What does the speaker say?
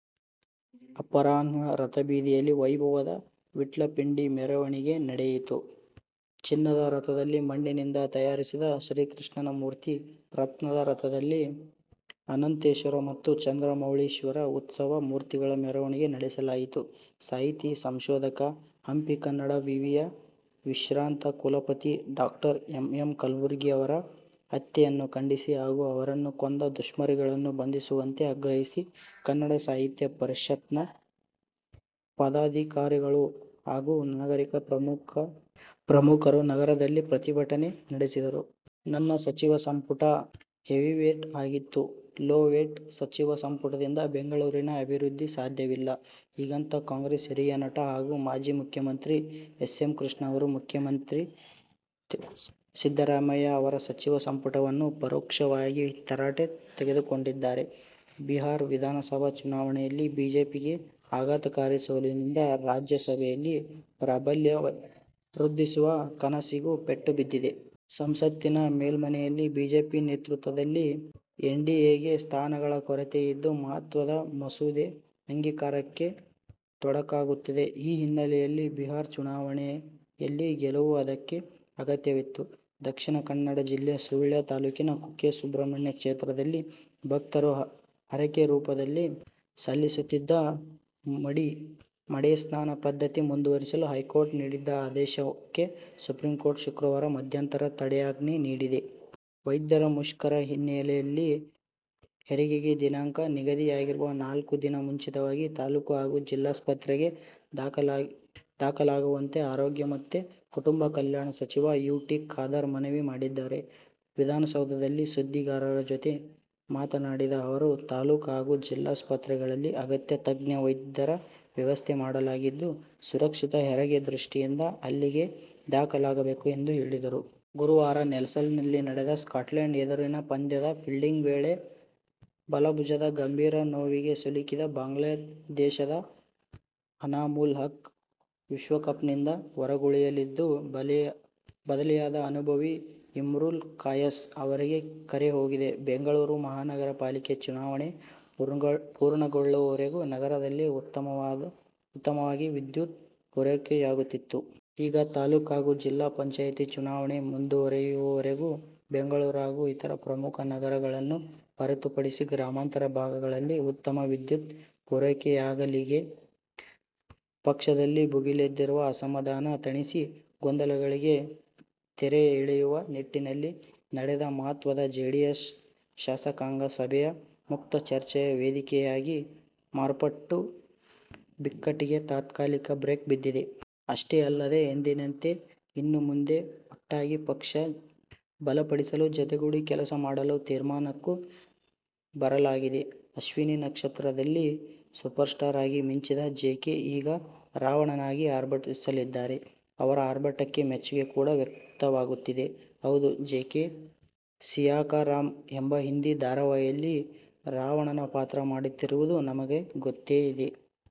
ಅಪರಾಹ್ನ ರಥಬೀದಿಯಲ್ಲಿ ವೈಭವದ ವಿಟ್ಲಪಿಂಡಿ ಮೆರವಣಿಗೆ ನಡೆಯಿತು. ಚಿನ್ನದ ರಥದಲ್ಲಿ ಮಣ್ಣಿನಿಂದ ತಯಾರಿಸಿದ ಶ್ರೀಕೃಷ್ಣನ ಮೂರ್ತಿ, ರತ್ನದ ರಥದಲ್ಲಿ ಅನಂತೇಶ್ವರ ಮತ್ತು ಚಂದ್ರಮೌಳೀಶ್ವರ ಉತ್ಸವ ಮೂರ್ತಿಗಳ ಮೆರವಣಿಗೆ ನಡೆಸಲಾಯಿತು. ಸಾಹಿತಿ, ಸಂಶೋಧಕ, ಹಂಪಿ ಕನ್ನಡ ವಿವಿಯ ವಿಶ್ರಾಂತ ಕುಲಪತಿ ಡಾ. ಎಂ. ಎಂ. ಕಲಬುರ್ಗಿ ಅವರ ಹತ್ಯೆಯನ್ನು ಖಂಡಿಸಿ ಹಾಗೂ ಅವರನ್ನು ಕೊಂದ ದುಷ್ಕರ್ಮಿಗಳನ್ನು ಬಂಧಿಸುವಂತೆ ಆಗ್ರಹಿಸಿ ಕನ್ನಡ ಸಾಹಿತ್ಯ ಪರಿಷತ್ನ ಪದಾಧಿಕಾರಿಗಳು ಹಾಗೂ ನಾಗರಿಕ ಪ್ರಮುಖರು ನಗರದಲ್ಲಿ ಪ್ರತಿಭಟನೆ ನಡೆಸಿದರು. ನನ್ನ ಸಚಿವ ಸಂಪುಟ 'ಹೆವಿವೇಟ್' ಆಗಿತ್ತು. 'ಲೋ ವೇಟ್' ಸಚಿವ ಸಂಪುಟದಿಂದ ಬೆಂಗಳೂರಿನ ಅಭಿವೃದ್ಧಿ ಸಾಧ್ಯವಿಲ್ಲ. ಹೀಗಂತ ಕಾಂಗ್ರೆಸ್ ಹಿರಿಯ ನಾಯಕ ಹಾಗೂ ಮಾಜಿ ಮುಖ್ಯಮಂತ್ರಿ ಎಸ್. ಎಂ. ಕೃಷ್ಣ ಅವರು ಮುಖ್ಯಮಂತ್ರಿ ಸಿದ್ದರಾಮಯ್ಯ ಅವರ ಸಚಿವ ಸಂಪುಟವನ್ನು ಪರೋಕ್ಷವಾಗಿ ತರಾಟೆಗೆ ತೆಗೆದುಕೊಂಡಿದ್ದಾರೆ. ಬಿಹಾರ ವಿಧಾನಸಭಾ ಚುನಾವಣೆಯಲ್ಲಿ ಬಿಜೆಪಿಗೆ ಆಘಾತಕಾರಿ ಸೋಲಿನೊಂದಿಗೆ, ರಾಜ್ಯಸಭೆಯಲ್ಲಿ ಪ್ರಾಬಲ್ಯ ವೃದ್ಧಿಸುವ ಕನಸಿಗೂ ಪೆಟ್ಟು ಬಿದ್ದಿದೆ. ಸಂಸತ್ತಿನ ಮೇಲ್ಮನೆಯಲ್ಲಿ ಬಿಜೆಪಿ ನೇತೃತ್ವದ ಎನ್ಡಿಎಗೆ ಸ್ಥಾನಗಳ ಕೊರತೆ ಇದ್ದು ಮಹತ್ವದ ಮಸೂದೆ ಅಂಗೀಕಾರಕ್ಕೆ ತೊಡಕಾಗುತ್ತಿದೆ. ಈ ಹಿನ್ನೆಲೆಯಲ್ಲಿ ಬಿಹಾರ ಚುನಾವಣೆಯಲ್ಲಿ ಗೆಲುವು ಅದಕ್ಕೆ ಅಗತ್ಯವಿತ್ತು. ದಕ್ಷಿಣ ಕನ್ನಡ ಜಿಲ್ಲೆ ಸುಳ್ಯ ತಾಲೂಕಿನ ಕುಕ್ಕೆ ಸುಬ್ರಹ್ಮಣ್ಯ ಕ್ಷೇತ್ರದಲ್ಲಿ ಭಕ್ತರು ಹರಕೆ ರೂಪದಲ್ಲಿ ಸಲ್ಲಿಸುತ್ತಿದ್ದ ಮಡೆ ಮಡೆ ಸ್ನಾನ ಪದ್ಧತಿ ಮುಂದುವರಿಸಲು ಹೈಕೋರ್ಟ್ ನೀಡಿದ್ದ ಆದೇಶಕ್ಕೆ ಸುಪ್ರೀಂಕೋರ್ಟ್ ಶುಕ್ರವಾರ ಮಧ್ಯಂತರ ತಡೆಯಾಜ್ಞೆ ನೀಡಿದೆ. ವೈದ್ಯರ ಮುಷ್ಕರ ಹಿನ್ನೆಲೆಯಲ್ಲಿ ಹೆರಿಗೆಗೆ ದಿನಾಂಕ ನಿಗದಿಯಾಗಿರುವವರು ನಾಲ್ಕು ದಿನ ಮುಂಚಿತವಾಗಿ ತಾಲೂಕು ಹಾಗೂ ಜಿಲ್ಲಾಸ್ಪತ್ರಗೆ ದಾಖಲಾಗುವಂತೆ ಆರೋಗ್ಯ ಮತ್ತು ಕುಟುಂಬ ಕಲ್ಯಾಣ ಸಚಿವ ಯು. ಟಿ. ಖಾದರ್ ಮನವಿ ಮಾಡಿದ್ದಾರೆ. ವಿಕಾಸಸೌಧದಲ್ಲಿ ಸುದ್ದಿಗಾರರ ಜತೆ ಮಾತನಾಡಿದ ಅವರು, ತಾಲೂಕು ಹಾಗೂ ಜಿಲ್ಲಾಸ್ಪತ್ರೆಗಳಲ್ಲಿ ಅಗತ್ಯ ತಜ್ಞ ವೈದ್ಯರ ವ್ಯವಸ್ಥೆ ಮಾಡಲಾಗಿದ್ದು, ಸುರಕ್ಷಿತ ಹೆರಿಗೆ ದೃಷ್ಟಿಯಿಂದ ಅಲ್ಲಿಗೆ ದಾಖಲಾಗಬೇಕು ಎಂದು ಹೇಳಿದರು. ಗುರುವಾರ ನೆಲ್ಸನ್ನಲ್ಲಿ ನಡೆದ ಸ್ಕಾಟ್ಲೆಂಡ್ ಎದುರಿನ ಪಂದ್ಯದ ಫೀಲ್ಡಿಂಗ್ ವೇಳೆ ಬಲ ಭುಜದ ಗಂಭೀರ ನೋವಿಗೆ ಸಿಲುಕಿದ ಬಾಂಗ್ಲಾದೇಶದ ಅನಾಮುಲ್ ಹಕ್ ವಿಶ್ವಕಪ್ನಿಂದ ಹೊರಗುಳಿಯಲಿದ್ದು, ಬದಲಿಯಾಗಿ ಅನುಭವಿ ಇಮ್ರುಲ್ ಕಾಯಸ್ ಅವರಿಗೆ ಕರೆ ಹೋಗಿದೆ. ಬೆಂಗಳೂರು ಮಹಾನಗರಪಾಲಿಕೆ ಚುನಾವಣೆ ಪೂರ್ಣಗೊಳ್ಳುವವರೆಗೂ ನಗರದಲ್ಲಿ ಉತ್ತಮವಾಗಿ ವಿದ್ಯುತ್ ಪೂರೈಕೆಯಾಗುತ್ತಿತ್ತು. ಈಗ ತಾಲೂಕು ಹಾಗೂ ಜಿಲ್ಲಾ ಪಂಚಾಯತಿ ಚುನಾವಣೆ ಮುಗಿಯುವವರೆಗೂ ಬೆಂಗಳೂರು ಹಾಗೂ ಇತರ ಪ್ರಮುಖ ನಗರಗಳನ್ನು ಹೊರತು ಪಡಿಸಿ ಗ್ರಾಮಾಂತರ ಭಾಗಗಳಲ್ಲಿ ಉತ್ತಮ ವಿದ್ಯುತ್ ಪೂರೈಕೆಯಾಗಲಿದೆ. ಪಕ್ಷದಲ್ಲಿ ಭುಗಿಲೆದ್ದಿರುವ ಅಸಮಾಧಾನ ತಣಿಸಿ ಗೊಂದಲಗಳಿಗೆ ತೆರೆ ಎಳೆಯುವ ನಿಟ್ಟಿನಲ್ಲಿ ನಡೆದ ಮಹತ್ವದ ಜೆಡಿಎಸ್ ಶಾಸಕಾಂಗ ಸಭೆಯು ಮುಕ್ತ ಚರ್ಚೆಯ ವೇದಿಕೆಯಾಗಿ ಮಾರ್ಪಟ್ಟು ಬಿಕ್ಕಟ್ಟಿಗೆ ತಾತ್ಕಾಲಿಕ ಬ್ರೇಕ್ ಬಿದ್ದಿದೆ. ಅಷ್ಟೇ ಅಲ್ಲದೆ ಎಂದಿನಂತೆ ಇನ್ನು ಮುಂದೆ ಒಟ್ಟಾಗಿ ಪಕ್ಷ ಬಲಪಡಿಸಲು ಜತೆಗೂಡಿ ಕೆಲಸ ಮಾಡಲು ತೀರ್ಮಾನಕ್ಕೂ ಬರಲಾಗಿದೆ. "ಅಶ್ವಿನಿ ನಕ್ಷತ್ರ'ದಲ್ಲಿ ಸೂಪರ್ಸ್ಟಾರ್ ಆಗಿ ಮಿಂಚಿದ ಜೆಕೆ ಈಗ ರಾವಣನಾಗಿ ಆರ್ಭಟಿಸುತ್ತಿದ್ದಾರೆ. ಅವರ ಅರ್ಭಟಕ್ಕೆ ಮೆಚ್ಚುಗೆ ಕೂಡಾ ವ್ಯಕ್ತವಾಗುತ್ತಿದೆ. ಹೌದು, ಜೆಕೆ "ಸಿಯಾಕಾ ರಾಮ್' ಎಂಬ ಹಿಂದಿ ಧಾರಾವಾಹಿಯಲ್ಲಿ ರಾವಣನ ಪಾತ್ರ ಮಾಡುತ್ತಿರುವುದು ನಿಮಗೆ ಗೊತ್ತೇ ಇದೆ.